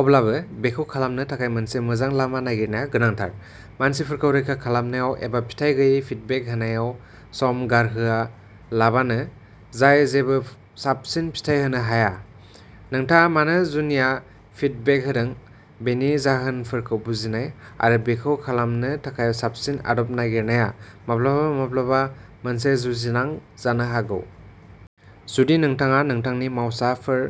अब्लाबो, बेखौ खालामनो थाखाय मोनसे मोजां लामा नागिरनाया गोनांथार, मानसिफोरखौ रैखा खालामनायाव एबा फिथाय गैयै फिडबेक होनायाव सम गारहोआलाबानो जाय जेबो साबसिन फिथाय होनो हाया। नोंथाङा मानो जुनिया फिडबेक होदों बेनि जाहोनफोरखौ बुजिनाय आरो बेखौ खालामनो थाखाय साबसिन आदब नागिरनाया माब्लाबा माब्लाबा मोनसे जुजिनां जानो हागौ। जुदि नोंथाङा नोंथांनि मावसाफोर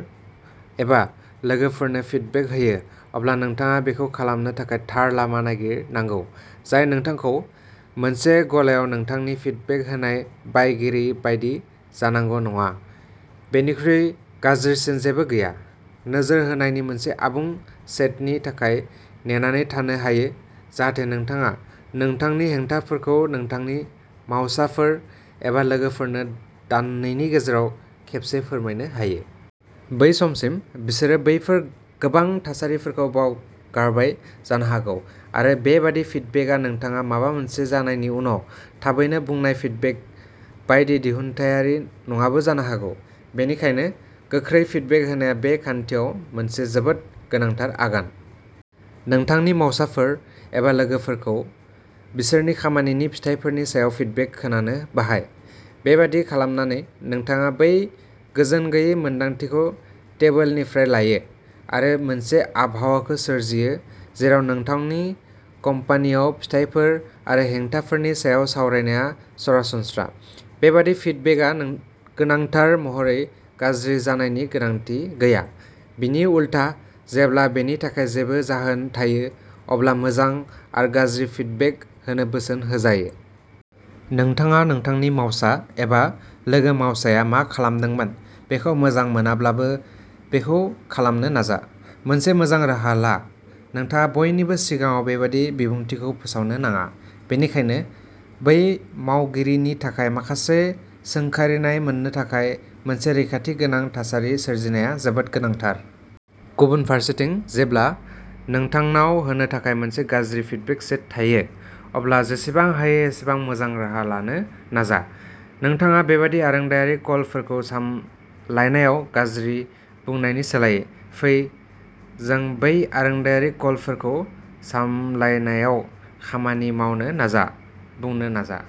एबा लोगोफोरनो फिडबेक होयो, अब्ला नोंथाङा बेखौ खालामनो थाखाय थार लामा नागिरनांगौ, जाय नोंथांखौ मोनसे गलायाव नोंथांनि फिडबेक होनाय बायगिरि बायदि जानांगौ नङा। बेनिख्रुइ गाज्रिसिन जेबो गैया। नोजोर होनायनि मोनसे आबुं सेटनि थाखाय नेनानै थानो हायो जाहाथे नोंथाङा नोंथांनि हेंथाफोरखौ नोंथांनि मावसाफोर एबा लोगोफोरनो दाननैनि गेजेराव खेबसे फोरमायनो हायो। बै समसिम, बिसोरो बैफोर गोबां थासारिफोरखौ बावगारबाय जानो हागौ आरो बेबादि फिडबेकआ नोंथाङा माबा मोनसे जानायनि उनाव थाबैनो बुंनाय फिडबेक बायदि दिहुनथायारि नङाबो जानो हागौ। बेनिखायनो, गोख्रै फिडबेक होनाया बे खान्थियाव मोनसे जोबोद गोनांथार आगान। नोंथांनि मावसाफोर एबा लोगोफोरखौ बिसोरनि खामानिनि फिथायफोरनि सायाव फिडबेक खोनानो बाहाय। बेबादि खालामनानै, नोंथाङा बै गोजोनगैयै मोन्दांथिखौ टेबोलनिफ्राय लायो आरो मोनसे आबहावाखौ सोरजियो जेराव नोंथांनि कम्पानीयाव फिथायफोर आरो हेंथाफोरनि सायाव सावरायनाया सरासनस्रा। बेबादि फिडबेकआ गोनांथार महरै गाज्रि जानायनि गोनांथि गैया; बिनि उलथा, जेब्ला बेनि थाखाय जेबो जाहोन थायो अब्ला मोजां आरो गाज्रि फिडबेक होनो बोसोन होजायो। नोंथाङा नोंथांनि मावसा एबा लोगो-मावसाया मा खालामदोंमोन बेखौ मोजां मोनाब्लाबो, बेखौ खालामनो नाजा। मोनसे मोजां राहा ला। नोंथाङा बयनिबो सिगाङाव बेबादि बिबुंथिखौ फोसावनो नाङा, बेनिखायनो बै मावगिरिनि थाखाय माखासे सोंखारिनाय मोन्नो थाखाय मोनसे रैखाथि गोनां थासारि सोरजिनाया जोबोद गोनांथार। गुबुन फारसेथिं, जेब्ला नोंथांनाव होनो थाखाय मोनसे गाज्रि फिडबेक सेट थायो, अब्ला जेसेबां हायो एसेबां मोजां राहा लानो नाजा। "नोंथाङा बेबादि आरोंदायारि कलफोरखौ सामलायनायाव गाज्रि" बुंनायनि सोलायै, "फै जों बै आरोंदायारि कलफोरखौ सामलायनायाव खामानि मावनो नाजा" बुंनो नाजा।